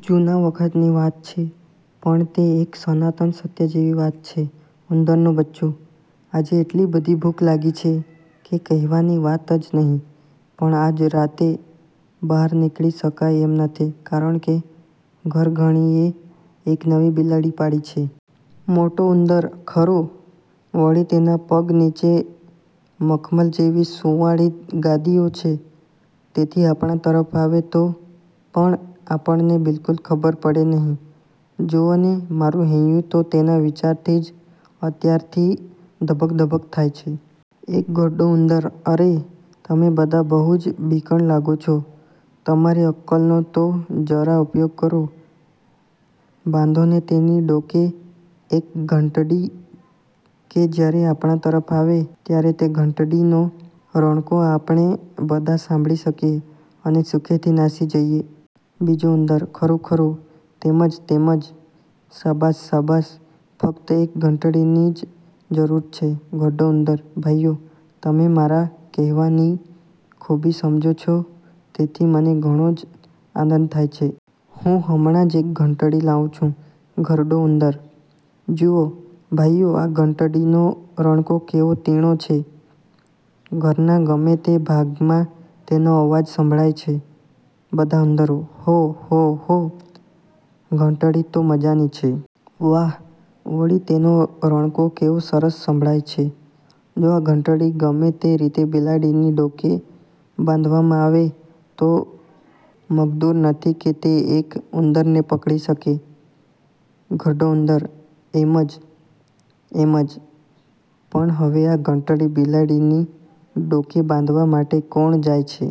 જૂના વખતની વાત છે પણ તે એક સનાતન સત્ય જેવી વાત છે. ઉંદરનું બચ્ચું – આજે એટલી બધી ભૂખ લાગી છે, કે કહેવાની વાત જ નહિ; પણ આજ રાતે બહાર નીકળી શકાય એમ નથી, કારણ કે ઘરધણીએ એક નવી બિલાડી પાળી છે. મોટો ઉંદર – ખરું; વળી તેના પગ નીચે મખમલ જેવી સુંવાળી ગાદીઓ છે, તેથી આપણા તરફ આવે તો પણ આપણને બિલકુલ ખબર પડે નહિ. જુઓને, મારું હૈયું તો તેના વિચારથી જ અત્યારથી ધબક ધબક થાય છે! એક ઘરડો ઉંદર – અરે! તમે બધા બહુ જ બીકણ લાગો છો. તમારી અક્કલનો તો જરા ઉપયોગ કરો. બાંધોને તેની ડોકે એક ઘંટડી, કે જ્યારે આપણા તરફ આવે, ત્યારે તે ઘંટડીનો રણકો આપણે બધા સાંભળી શકીએ, અને સુખેથી નાસી જઈએ! બીજો ઉંદરો ખરું, ખરું, તેમ જ તેમ જ શાબાશ! શાબાશ! ફક્ત એક ઘંટડીની જ જરૂર છે. ઘરડો ઉંદર ભાઈઓ, તમે મારા કહેવાની ખૂબી સમજો છો તેથી મને ઘણો જ આનંદ થાય છે. હું હમણાં જ એક ઘંટડી લાવું છું. ઘરડો ઉંદર – જુઓ, ભાઈઓ, આ ઘંટડીનો રણકો કેવો તીણો છે! ઘરના ગમે તે ભાગમાં તેનો અવાજ સંભળાય છે. બધા ઉંદરો – હો! હો! હો! ઘંટડી તો મજાની છે. વાહ! વળી તેનો રણકો કેવો સરસ સંભળાય છે! જો આ ઘંટડી ગમે તે રીતે બિલાડીની ડોકે બાંધવામાં આવે તો મગદૂર નથી કે તે એક ઉંદરને પકડી શકે! ઘરડો ઉંદર – એમ જ, એમ જ; પણ હવે આ ઘંટડી બિલાડીની ડોકે બાંધવા માટે કોણ જાય છે?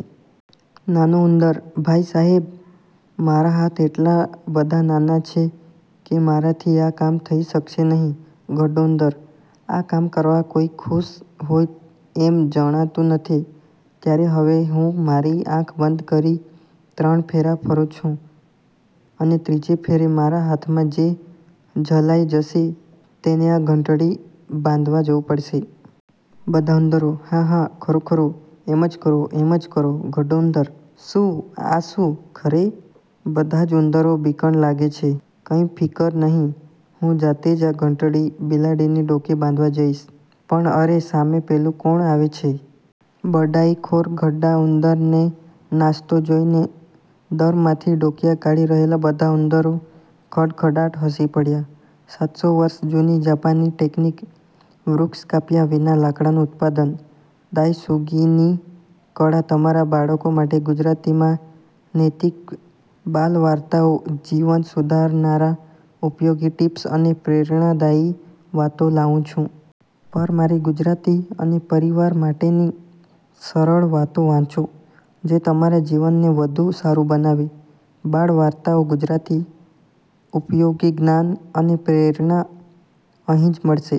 નાનો ઉંદર – ભાઈ સાહેબ, મારા હાથ એટલા બધા નાના છે, કે મારાથી આ કામ થઈ શકશે નહિ. ઘરડો ઉંદર – આ કામ કરવા કોઈ ખુશ હોય એમ જણાતું નથી. ત્યારે હવે હું મારી આંખ બંધ કરી ત્રણ ફેરા ફરું છું, અને ત્રીજે ફેરે મારા હાથમાં જે ઝલાઈ જશે તેને આ ઘંટડી બાંધવા જવું પડશે. બધા ઉંદરો – હા, હા, ખરું ખરું, એમ જ કરો; એમ જ કરો. ઘરડો ઉંદર – શું! આ શું! ખરે! બધા જ ઉંદરો બીકણ લાગે છે! કંઈ ફિકર નહિ, હું જાતે જ આ ઘંટડી બિલાડીની ડોકે બાંધવા જઈશ; પણ અરે સામે પેલું કોણ આવે છે? બડાઈખોર ઘરડા ઉંદરને નાસતો જોઈને દરમાંથી ડોકીયાં કાઢી રહેલા બધા ઉંદરો ખડખડાટ હસી પડ્યા. સાતસો વર્ષ જૂની જાપાની ટેકનિક: વૃક્ષ કાપ્યા વિના લાકડાનું ઉત્પાદન – દાયસુગીની કળા તમારા બાળકો માટે ગુજરાતીમાં નૈતિક બાલ વાર્તાઓ, જીવન સુધારનારા ઉપયોગી ટિપ્સ અને પ્રેરણાદાયી વાતો લાવું છું! પર મારી ગુજરાતી, અને પરિવાર માટેની સરળ વાતો વાંચો, જે તમારા જીવનને વધુ સારું બનાવે. બાળ વાર્તાઓ ગુજરાતી, ઉપયોગી જ્ઞાન અને પ્રેરણા અહીં જ મળશે.